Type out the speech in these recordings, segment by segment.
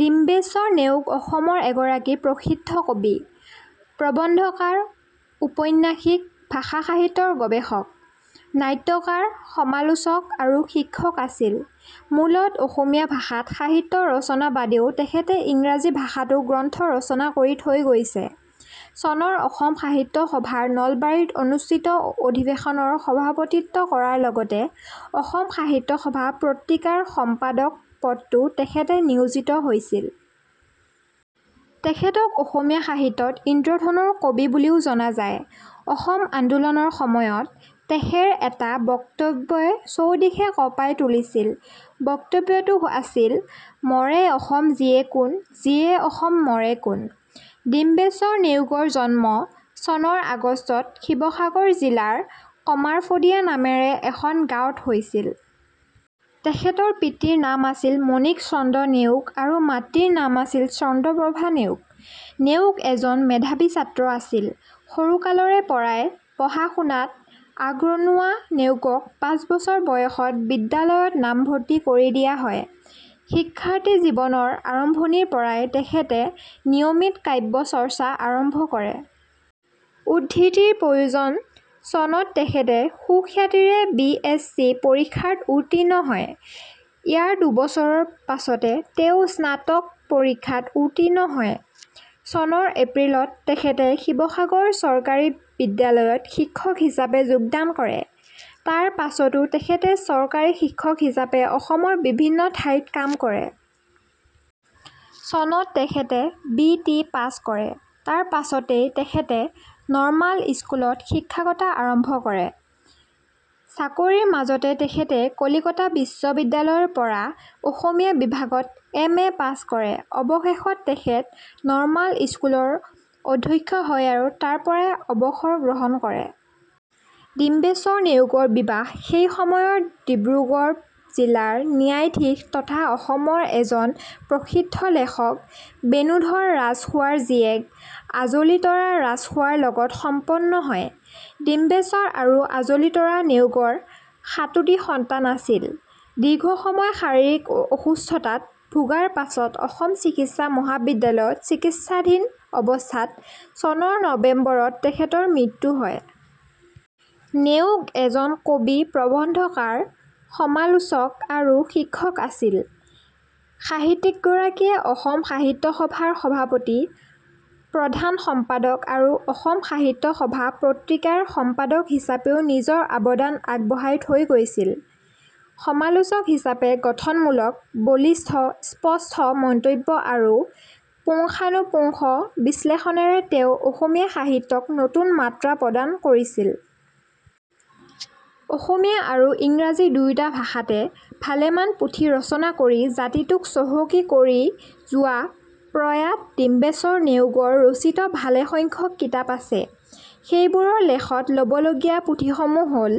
ডিম্বেশ্বৰ নেওগ অসমৰ এগৰাকী প্ৰসিদ্ধ কবি, প্ৰবন্ধকাৰ, ঔপন্যাসিক, ভাষা সাহিত্যৰ গৱেষক, নাট্যকাৰ, সমালোচক আৰু শিক্ষক আছিল। মূলতঃ অসমীয়া ভাষাত সাহিত্য ৰচনা বাদেও তেখেতে ইংৰাজী ভাষা তো গ্ৰন্থ ৰচনা কৰি থৈ গৈছে। চনৰ অসম সাহিত্য সভাৰ নলবাৰীত অনুষ্ঠিত অধিবেশনৰ সভাপতিত্ব কৰাৰ লগতে অসম সাহিত্য সভা পত্ৰিকা ৰ সম্পাদক পদটো তেখেত নিয়োজিত হৈছিল। তেখেতক অসমীয়া সাহিত্য ত ইন্দ্ৰধেনুৰ কবি বুলিও জনা যায়। অসম আন্দোলনৰ সময়ত তেখেৰ এটা বক্তব্যই চৌদিশে কঁপাই তুলিছিল৷ বক্তব্যটো আছিল- 'মৰে অসম জীয়ে কোন, জীয়ে অসম মৰে কোন'৷ ডিম্বেশ্বৰ নেওগৰ জন্ম চনৰ আগষ্টত শিৱসাগৰ জিলা ৰ কমাৰফদীয়া নামেৰে এখন গাঁৱত হৈছিল। তেখেতৰ পিতৃৰ নাম আছিল মাণিক চন্দ্ৰ নেওগ আৰু মাতৃৰ নাম চন্দ্ৰপ্ৰভা নেওগ। নেওগ এজন মেধাৱী ছাত্ৰ আছিল। সৰুকালৰেপৰাই পঢ়া শুনাত আগৰণুৱা নেওগক পাঁচ বছৰ বয়সত বিদ্যালয়ত নামভৰ্তি কৰি দিয়া হয়। শিক্ষাৰ্থী জীৱনৰ আৰম্ভণিৰ পৰাই তেখেতে নিয়মিত কাব্য চৰ্চা আৰম্ভ কৰে। উদ্ধৃতিৰ প্ৰয়োজন চনত তেখেতে সুখ্যাতিৰে বি. এছ. চি পৰীক্ষাত উত্তীৰ্ণ হয়। ইয়াৰ দুবছৰৰ পাছতে তেওঁ স্নাতক পৰীক্ষাত উত্তীৰ্ণ হয়। চনৰ এপ্ৰিলত তেখেতে শিৱসাগৰ চৰকাৰী বিদ্যালয়ত শিক্ষক হিচাপে যোগদান কৰে। তাৰ পাছতো তেখেতে চৰকাৰী শিক্ষক হিচাপে অসমৰ বিভিন্ন ঠাইত কাম কৰে। চনত তেখেতে বি. টি. পাছ কৰে। তাৰ পাছতেই তেখেতে নৰ্মাল স্কুলত শিক্ষকতা কৰে। চাকৰিৰ মাজতেই তেখেতে কলিকতা বিশ্ববিদ্যালয় ৰ পৰা অসমীয়া বিভাগত এম. এ. পাছ কৰে। অৱশেষত তেখেত নৰ্মাল স্কুলৰ অধ্যক্ষ হয় আৰু তাৰপৰাই অৱসৰ গ্ৰহণ কৰে। ডিম্বেশ্বৰ নেওগৰ বিবাহ সেইসময়ৰ ডিব্ৰুগৰ জিলা ন্যায়াধীশ, তথা অসমৰ এজন প্ৰসিদ্ধ লেখক বেণুধৰ ৰাজখোৱা ৰ জীয়েক আজলীতৰা ৰাজখোৱা ৰ লগত সম্পন্ন হয়। ডিম্বেশ্বৰ আৰু আজলীতৰা নেওগৰ সাতোটি সন্তান আছিল। দীৰ্ঘসময় শাৰীৰিক অসুস্থতাত ভোগাৰ পাছত অসম চিকিৎসা মহাবিদ্যালয় ত চিকিৎসাধীন অৱস্থাত চনৰ নৱেম্বৰত তেখেতৰ মৃত্যু হয়। নেওগ এজন কবি, প্ৰবন্ধকাৰ, সমালোচক আৰু শিক্ষক আছিল। সাহিত্যিকগৰাকীয়ে অসম সাহিত্য সভাৰ সভাপতি, প্ৰধান সম্পাদক আৰু অসম সাহিত্য সভা পত্ৰিকা ৰ সম্পাদক হিচাপেও নিজৰ অৱদান আগবঢ়াই থৈ গৈছিল। সমালোচক হিচাপে গঠনমূলক, বলিষ্ঠ, স্পষ্ট মন্তব্য আৰু পুংখানুপুংখ বিশ্লেষণৰে তেওঁ অসমীয়া সাহিত্যক নতুন মাত্ৰা প্ৰদান কৰিছিল। অসমীয়া আৰু ইংৰাজী দুয়োটা ভাষাতে ভালেমান পুথি ৰচনা কৰি জাতিটোক চহকী কৰি যোৱা প্ৰয়াত ডিম্বেশ্বৰ নেওগৰ ৰচিত ভালে সংখ্যক কিতাপ আছে, সেইবোৰৰ লেখত ল'বলগীয়া পুথিসমূহ হ'ল: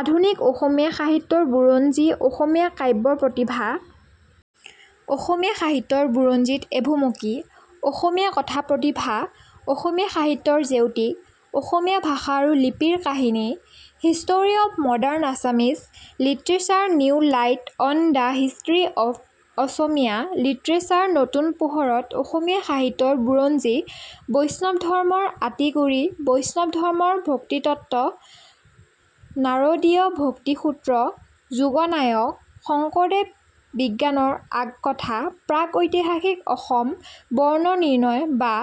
আধুনিক অসমীয়া সাহিত্যৰ বুৰঞ্জী অসমীয়া কাব্য প্ৰতিভা অসমীয়া সাহিত্যৰ বুৰঞ্জীত এভুমুকি অসমীয়া কথা প্ৰতিভা অসমীয়া সাহিত্যৰ জেউতি অসমীয়া ভাষা আৰু লিপিৰ কাহিনী history of modern Assamese literature new light on the history of Asamiya literature নতুন পোহৰত অসমীয়া সাহিত্যৰ বুৰঞ্জী বৈষ্ণৱ ধৰ্মৰ আঁতিগুৰি বৈষ্ণৱ ধৰ্মৰ ভক্তিতত্ত্ব নাৰদীয় ভক্তিসূত্ৰ যুগনায়ক শংকৰদেৱ বিজ্ঞানৰ আগকথা প্ৰাক-ঐতিহাসিক অসম বৰ্ণ নিৰ্ণয় বা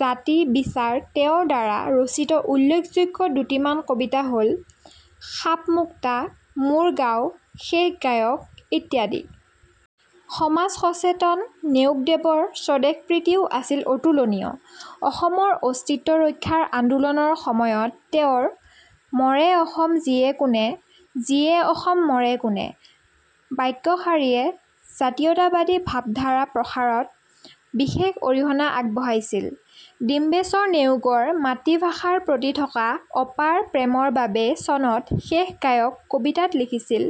জাতি বিচাৰ তেওঁৰ দ্বাৰা ৰচিত উল্লেখযোগ্য দুটিমান কবিতা হ'ল 'শাপমুক্তা', 'মোৰ গাঁও', 'শেষ গায়ক' ইত্যাদি। সমাজ সচেতন নেওগ দেৱৰ স্বদেশপ্ৰীতিও আছিল অতুলনীয়। অসমৰ অস্তিত্ব ৰক্ষাৰ আন্দোলন ৰ সময়ত তেওঁৰ "মৰে অসম জীয়ে কোন, জীয়ে অসম মৰে কোন? " বাক্যশাৰীয়ে জাতীয়তাবাদী ভাবধাৰা প্ৰসাৰত বিশেষ অৰিহণা আগবঢ়াইছিল। ডিম্বেশ্বৰ নেওগৰ মাতৃভাষাৰ প্ৰতি থকা অপাৰ প্ৰেমৰ বাবেই চনত 'শেষ গায়ক' কবিতাত লিখিছিল:।